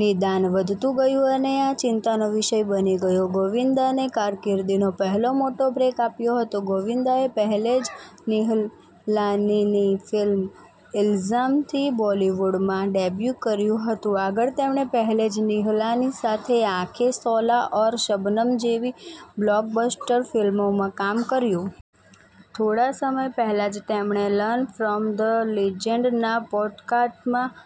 નિદાન વધતું ગયું અને આ ચિંતાનો વિષય બની ગયો. ગોવિંદાને કારકિર્દીનો પહેલો મોટો બ્રેક આપ્યો હતો. ગોવિંદાએ પહેલજ નિહલાનીની ફિલ્મ 'ઇલ્ઝામ' થી બોલિવૂડમાં ડેબ્યૂ કર્યું હતું. આગળ તેમણે પહેલજ નિહલાની સાથે 'આંખેં', 'શોલા ઔર શબનમ' જેવી બ્લોકબસ્ટર ફિલ્મોમાં કામ કર્યું. થોડા સમય પહેલા જ તેમણે 'લર્ન ફ્રોમ ધ લિજેન્ડ'ના પોડકાસ્ટમાં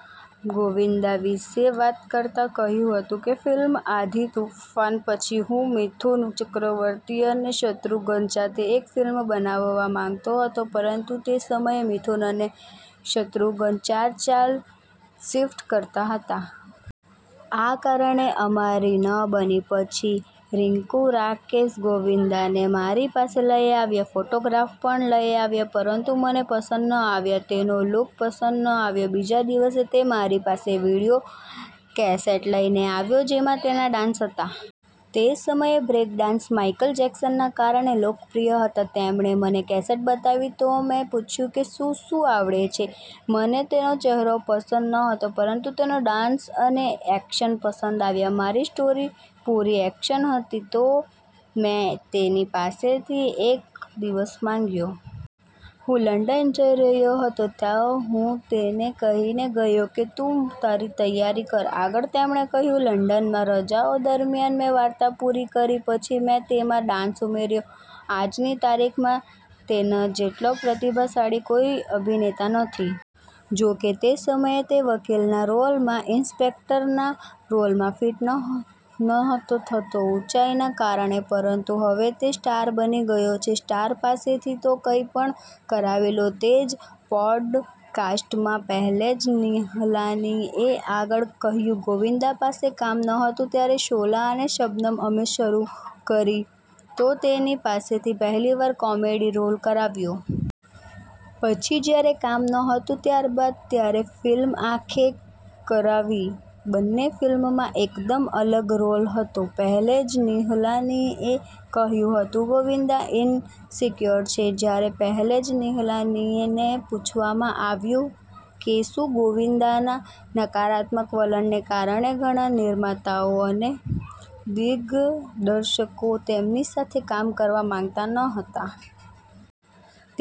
ગોવિંદા વિશે વાત કરતા કહ્યું હતું કે, "ફિલ્મ 'આંધી તુફાન' પછી હું મિથુન ચક્રવર્તી અને શત્રુઘ્ન સાથે એક ફિલ્મ બનાવવા માંગતો હતો, પરંતુ તે સમયે મિથુન અને શત્રુઘ્ન ચાર-ચાર શિફ્ટ કરતા હતા. આ કારણે અમારી ન બની. પછી રીક્કુ રાકેશ, ગોવિંદાને મારી પાસે લઈ આવ્યા. ફોટોગ્રાફ પણ લઈ આવ્યા, પરંતુ મને પસંદ ન આવ્યા. તેનો લુક પસંદ ન આવ્યો. બીજા દિવસે તે મારી પાસે વીડિયો કેસેટ લઈને આવ્યો, જેમાં તેના ડાન્સ હતા. તે સમયે બ્રેક ડાન્સ માઈકલ જેક્સનના કારણે લોકપ્રિય હતા. તેણે મને કેસેટ બતાવી, તો મેં પૂછ્યું કે 'શું-શું આવડે છે?' મને તેનો ચહેરો પસંદ નહોતો, પરંતુ તેનો ડાન્સ અને એક્શન પસંદ આવ્યા. મારી સ્ટોરી પૂરી એક્શન હતી, તો મેં તેની પાસેથી એક દિવસ માંગ્યો. હું લંડન જઈ રહ્યો હતો, તો હું તેને કહીને ગયો કે તું તારી તૈયારી કર." આગળ તેમણે કહ્યું, "લંડનમાં રજાઓ દરમિયાન મેં વાર્તા પૂરી કરી. પછી મેં તેમાં ડાન્સ ઉમેર્યો. આજની તારીખમાં તેના જેટલો પ્રતિભાશાળી કોઈ અભિનેતા નથી. જોકે તે સમયે તે વકીલના રોલમાં, ઇન્સ્પેક્ટરના રોલમાં ફિટ નહોતો થતો, ઊંચાઈના કારણે. પરંતુ હવે તે સ્ટાર બની ગયો છે, સ્ટાર પાસેથી તો કંઈ પણ કરાવી લો. તે જ પોડકાસ્ટમાં પહેલજ નિહલાનીએ આગળ કહ્યું, "ગોવિંદા પાસે કામ નહોતું, ત્યારે 'શોલા ઔર શબનમ' અમે શરૂ કરી, તો તેની પાસેથી પહેલીવાર કોમેડી રોલ કરાવ્યો. પછી જ્યારે કામ નહોતું, ત્યારબાદ ત્યારે ફિલ્મ 'આંખે' કરાવી. બંને ફિલ્મોમાં એકદમ અલગ રોલ હતો." પહેલજ નિહલાનીએ કહ્યું હતું, "ગોવિંદા ઇનસિક્યોર છે." જ્યારે પહેલજ નિહલાનીને પૂછવામાં આવ્યું કે, 'શું ગોવિંદાના નકારાત્મક વલણને કારણે ઘણા નિર્માતાઓ અને દિગ્દર્શકો તેમની સાથે કામ કરવા માંગતા ન હતા?'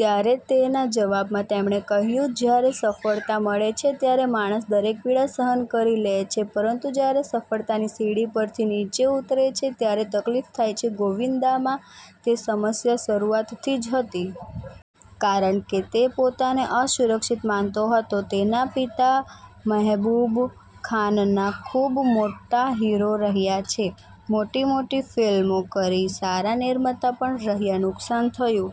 ત્યારે તેના જવાબમાં તેમણે કહ્યું, "જ્યારે સફળતા મળે છે, ત્યારે માણસ દરેક પીડા સહન કરી લે છે, પરંતુ જ્યારે સફળતાની સીડી પરથી નીચે ઉતરે છે ત્યારે તકલીફ થાય છે. ગોવિંદામાં તે સમસ્યા શરૂઆતથી જ હતી. કારણ કે તે પોતાને અસુરક્ષિત માનતો હતો. તેના પિતા મહેબૂબ ખાનના ખૂબ મોટા હીરો રહ્યા છે. મોટી-મોટી ફિલ્મો કરી, સારા નિર્માતા પણ રહ્યા, નુકસાન થયું.